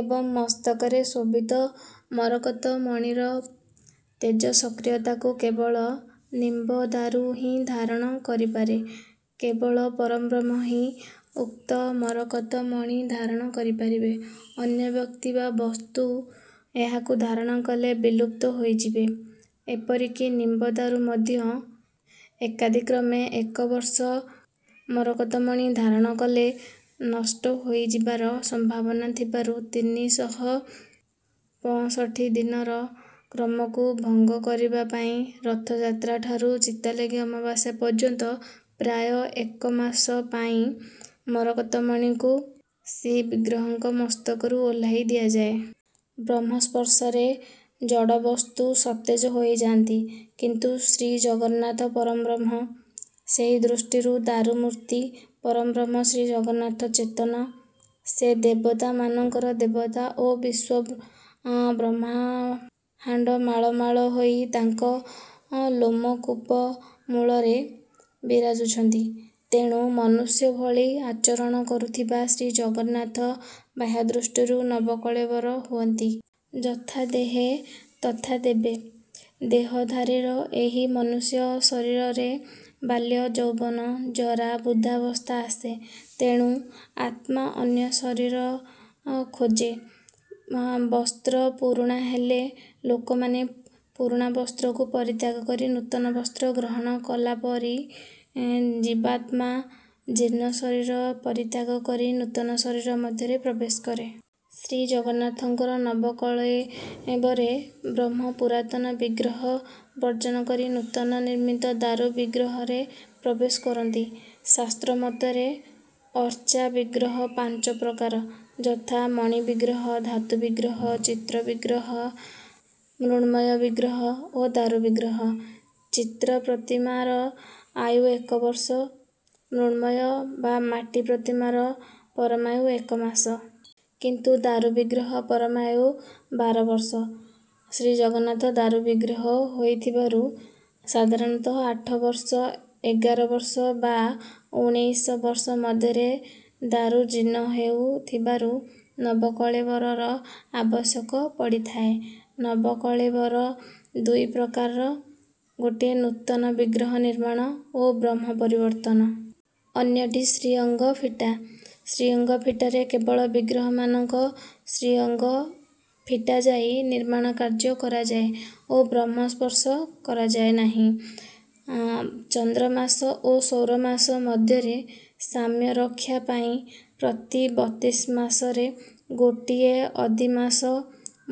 ଏବଂ ମସ୍ତକରେ ଶୋଭିତ ମରକତ ମଣିର ତେଜସକ୍ରିୟାତାକୁ କେବଳ ନିମ୍ବ ଦାରୁ ହିଁ ଧାରଣ କରିପାରେ। କେବଳ ପରଂବ୍ରହ୍ମ ହିଁ ଉକ୍ତ ମରକତ ମଣି ଧାରଣ କରିପାରିବେ। ଅନ୍ୟ ବ୍ୟକ୍ତି ବା ବସ୍ତୁ ଏହାକୁ ଧାରଣ କଲେ ବିଲୁପ୍ତ ହୋଇଯିବେ। ଏପରିକି ନିମ୍ବ ଦାରୁ ମଧ୍ୟ ଏକାଦିକ୍ରମେ ଏକ ବର୍ଷ ମରକତମଣି ଧାରଣ କଲେ ନଷ୍ଟ ହୋଇଯିବାର ସମ୍ଭାବନା ଥିବାରୁ ତିନି ଶହ ପଅଁଷଠି ଦିନର କ୍ରମକୁ ଭଙ୍ଗ କରିବା ପାଇଁ ରଥଯାତ୍ରା ଠାରୁ ଚିତାଲାଗି ଅମାବାସ୍ୟା ପର୍ଯ୍ୟନ୍ତ ପ୍ରାୟ ଏକମାସ ପାଇଁ ମରକତ ମଣିକୁ ଶ୍ରୀବିଗ୍ରହଙ୍କ ମସ୍ତକରୁ ଓହ୍ଲାଇ ଦିଆଯାଏ। ବ୍ରହ୍ମସ୍ପର୍ଶରେ ଜଡ଼ବସ୍ତୁ ସତେଜ ହୋଇଯାନ୍ତି। କିନ୍ତୁ ଶ୍ରୀଜଗନ୍ନାଥ ପରଂବ୍ରହ୍ମ। ସେହିଦୃଷ୍ଟିରୁ ଦାରୁମୂର୍ତି ପରଂବ୍ରହ୍ମ ଶ୍ରୀଜଗନ୍ନାଥ ଚେତନ। ସେ ଦେବତା ମାନଙ୍କର ଦେବତା ଓ ବିଶ୍ୱ ବ୍ରମହାଣ୍ଡ ମାଳ ମାଳ ହୋଇ ତାଙ୍କ ଲୋମକୂପ ମୂଳରେ ବିରାଜୁଛନ୍ତି। ତେଣୁ ମନୁଷ୍ୟ ଭଳି ଆଚରଣ କରୁଥିବା ଶ୍ରୀଜଗନ୍ନାଥ ବାହ୍ୟଦୃଷ୍ଟିରେ ନବକଳେବର ହୁଅନ୍ତି। ଯଥାଦେହେ ତଥା ଦେବେ। ଦେହଧାରୀର ଏହି ମନୁଷ୍ୟ ଶରୀରରେ ବାଲ୍ୟ, ଯୌବନ, ଜରା, ବୃଦ୍ଧାବସ୍ଥା ଆସେ। ତେଣୁ ଆତ୍ମା ଅନ୍ୟ ଶରୀର ଖୋଜେ। ବସ୍ତ୍ର ପୁରୁଣା ହେଲେ ଲୋକମାନେ ପୁରୁଣା ବସ୍ତ୍ରକୁ ପରିତ୍ୟାଗ କରି ନୂତନ ବସ୍ତ୍ର ଗ୍ରହଣ କଲାପରି ଜୀବାତ୍ମା ଜୀର୍ଣ୍ଣ ଶରୀର ପରିତ୍ୟାଗ କରି ନୂତନ ଶରୀର ମଧ୍ୟରେ ପ୍ରବେଶ କରେ। ଶ୍ରୀଜଗନ୍ନାଥଙ୍କର ନବକଳେବରେ ବ୍ରହ୍ମ ପୁରାତନ ବିଗ୍ରହ ବର୍ଜନ କରି ନୂତନ ନିର୍ମିତ ଦାରୁ ବିଗ୍ରହରେ ପ୍ରବେଶ କରନ୍ତି। ଶାସ୍ତ୍ର ମତରେ, ଅର୍ଚା ବିଗ୍ରହ ପାଞ୍ଚ ପ୍ରକାର। ଯଥା- ମଣିବିଗ୍ରହ, ଧାତୁବିଗ୍ରହ, ଚିତ୍ର ବିଗ୍ରହ, ମୃଣ୍ମ ୟ ବିଗ୍ରହ ଓ ଦାରୁ ବିଗ୍ରହ। ଚିତ୍ର ପ୍ରତିମାର ଆୟୁ ଏକ ବର୍ଷ। ମୃଣ୍ମୟ ବା ମାଟି ପ୍ରତିମାର ପରମାୟୁ ଏକ ମାସ। କିନ୍ତୁ ଦାରୁ ବିଗ୍ରହ ପରମାୟୁ ବାର ବର୍ଷ। ଶ୍ରୀଜଗନ୍ନାଥ ଦାରୁ ବିଗ୍ରହ ହୋଇଥିବାରୁ ସାଧାରଣତଃ ଆଠ ବର୍ଷ, ଏଗାର ବର୍ଷ ବା ଉଣେଇଶି ବର୍ଷ ମଧ୍ୟରେ ଦାରୁ ଜୀର୍ଣ୍ଣ ହେଉଥିବାରୁ ନବକଳେବରର ଆବଶ୍ୟକ ପଡିଥାଏ। ନବକଳେବର ଦୁଇ ପ୍ରକାରର ଗୋଟିଏ ନୂତନ ବିଗ୍ରହ ନିର୍ମାଣ ଓ ବ୍ରହ୍ମ ପରିବର୍ତ୍ତନ। ଅନ୍ୟଟି 'ଶ୍ରୀଅଙ୍ଗ ଫିଟା। ଶ୍ରୀଅଙ୍ଗ ଫିଟାରେ କେବଳ ବିଗ୍ରହ ମାନଙ୍କ ଶ୍ରୀଅଙ୍ଗ ଫିଟାଯାଇ ନିର୍ମାଣକାମ କରାଯାଏ ଓ ବ୍ରହ୍ମ ସ୍ପର୍ଶ କରାଯାଏ ନାହିଁ। ଚାନ୍ଦ୍ରମାସ ଓ ସୌରମାସ ମଧ୍ୟରେ ସାମ୍ୟ ରକ୍ଷା ପାଇଁ ପ୍ରତି ବତିଶି ମାସରେ ଗୋଟିଏ ଅଧିମାସ,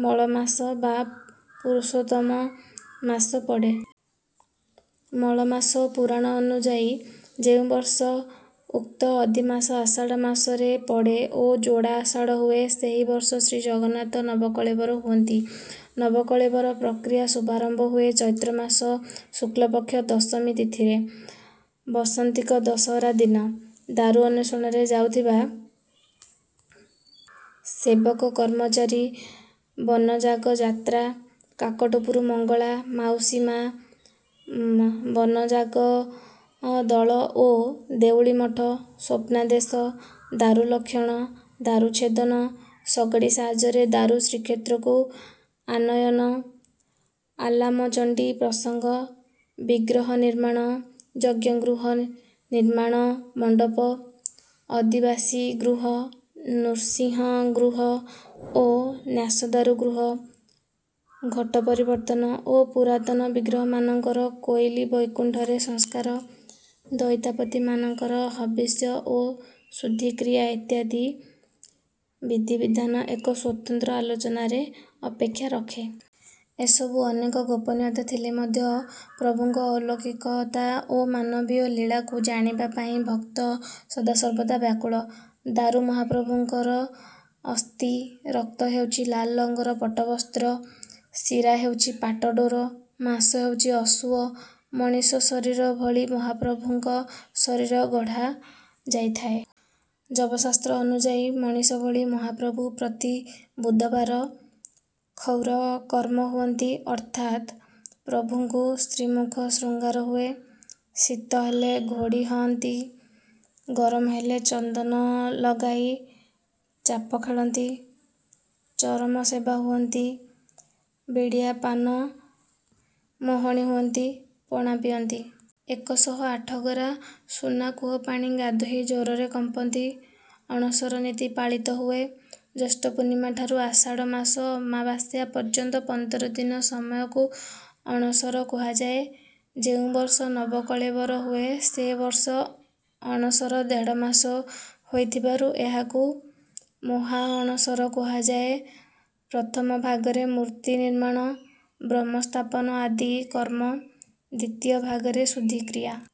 ମଳ ମାସ ବା ପୁରୁଷୋତ୍ତମ ମାସ ପଡେ। ମଳମାସ ପୁରାଣ ଅନୁଯାୟୀ ଯେଉଁବର୍ଷ ଉକ୍ତ ଅଧିମାସ ଆଷାଢ଼ ମାସରେ ପଡେ ବା ଯୋଡ଼ା ଆଷାଢ଼ ହୁଏ ସେହି ବର୍ଷ ଶ୍ରୀଜଗନ୍ନାଥ ନବକଳେବର ହୁଅନ୍ତି। ନବକଳେବର ପ୍ରକିୟାର ଶୁଭାରମ୍ଭ ହୁଏ। ଚୈତ୍ରମାସ ଶୁକ୍ଳପକ୍ଷ ଦଶମୀ ତିଥିରେ। ବସନ୍ତିକ ଦଶହରା ଦିନ। ଦାରୁ ଅନ୍ୱେଷଣରେ ଯାଉଥିବା ସେବକ, କର୍ମଚାରୀ, ବନଯାଗଯାତ୍ରା, କାକଟପୁର ମଙ୍ଗଳା, ମାଉସୀ ମା, ବନଯାଗ ଦଳ ଓ ଦେଉଳିମଠ, ସ୍ୱପ୍ନାଦେଶ, ଦାରୁ ଲକ୍ଷଣ, ଦାରୁ ଛେଦନ, ଶଗଡି ସାହାଯ୍ୟରେ ଦାରୁ ଶ୍ରୀକ୍ଷେତ୍ରକୁ ଆନୟନ, ଆଲାମଚଣ୍ଡୀ ପ୍ରସଙ୍ଗ, ବିଗ୍ରହ ନିର୍ମାଣ, ଯଜ୍ଞଗୃହ, ନିର୍ମାଣ ମଣ୍ଡପ, ଅଧିବାସୀ ଗୃହ, ନୃସିଂହଗୃହ ଓ ନ୍ୟାସଦାରୁଗୃହ, ଘଟ ପରିବର୍ତନ ଓ ପୁରାତନ ବିଗ୍ରହମାନଙ୍କର କୋଇଲି ବୈକୁଣ୍ଠରେ ସଂସ୍କାର, ଦଇତାପତିମାନଙ୍କର ହବିଷ୍ୟ ଓ ଶୁଦ୍ଧିକ୍ରିୟା ଇତ୍ୟାଦି ବିଧି ବିଧାନ ଏକ ସ୍ୱତନ୍ତ୍ର ଆଲୋଚନାର ଅପେକ୍ଷା ରଖେ। ଏସବୁରେ ଅନେକ ଗୋପନୀୟତା ଥିଲେ ମଧ୍ୟ ପ୍ରଭୁଙ୍କ ଅଲୌକିକତା ଓ ମାନବୀୟ ଲୀଳାକୁ ଜାଣିବା ପାଇଁ ଭକ୍ତ ସଦାସର୍ବଦା ବ୍ୟାକୁଳ। ଦାରୁ ମହା ପ୍ରଭୁଙ୍କର ଅସ୍ଥି। ରକ୍ତ ହେଉଛି ଲାଲ ରଙ୍ଗର ପଟ୍ଟବସ୍ତ୍ର। ଶିରା ହେଉଛି ପାଟ ଡୋର। ମାଂସ ହେଉଛି ଅଷୁଅ। ମଣିଷ ଶରୀର ଭଳି ମହାପ୍ରଭୁଙ୍କ ଶରୀର ଗଢ଼ା ଯାଇଥାଏ। ଯବଶାସ୍ତ୍ର ଅନୁଯାୟୀ ମଣିଷ ଭଳି ମହାପ୍ରଭୁ ପ୍ରତି ବୁଧବାର କ୍ଷୌର କର୍ମ ହୁଅନ୍ତି। ଅର୍ଥାତ ପ୍ରଭୁଙ୍କୁ ଶ୍ରୀମୁଖ ଶୃଙ୍ଗାର ହୁଏ। ଶୀତ ହେଲେ ଘୋଡ଼ି ହଅନ୍ତି। ଗରମ ହେଲେ ଚନ୍ଦନ ଲଗାଇ ଚାପ ଖେଳନ୍ତି। ଚରମ ସେବା ହୁଅନ୍ତି। ବିଡିଆ ପାନ ମହୋଣି ହୁଅନ୍ତି। ପଣା ପିଅନ୍ତି। ଏକ ଶହ ଆଠ ଗରା ସୁନା କୂଅ ପାଣି ଗାଧୋଇ ଜ୍ୱରରେ କମ୍ପତି। ଅଣସର ନୀତି ପାଳିତ ହୁଏ। ଜ୍ୟେଷ୍ଠ ପୂର୍ଣ୍ଣିମା ଠାରୁ ଆଷାଢ଼ ମାସ ଅମାବାସ୍ୟା ପର୍ଯ୍ୟନ୍ତ ପନ୍ଦର ଦିନ ସମୟକୁ ଅଣସର କୁହାଯାଏ। ଯେଉଁ ବର୍ଷ ନବକଳେବର ହୁଏ, ସେ ବର୍ଷ ଅଣସର ଦେଢମାସ ହେଇଥିବାରୁ ଏହାକୁ ମାହାଅଣସର କୁହାଯାଏ। ପ୍ରଥମ ଭାଗରେ ମୂର୍ତ୍ତି ନିର୍ମାଣ, ବ୍ରହ୍ମସ୍ଥାପନ ଆଦି କର୍ମ, ଦୁତୀୟ ଭାଗରେ ଶୁଦ୍ଧିକ୍ରିୟା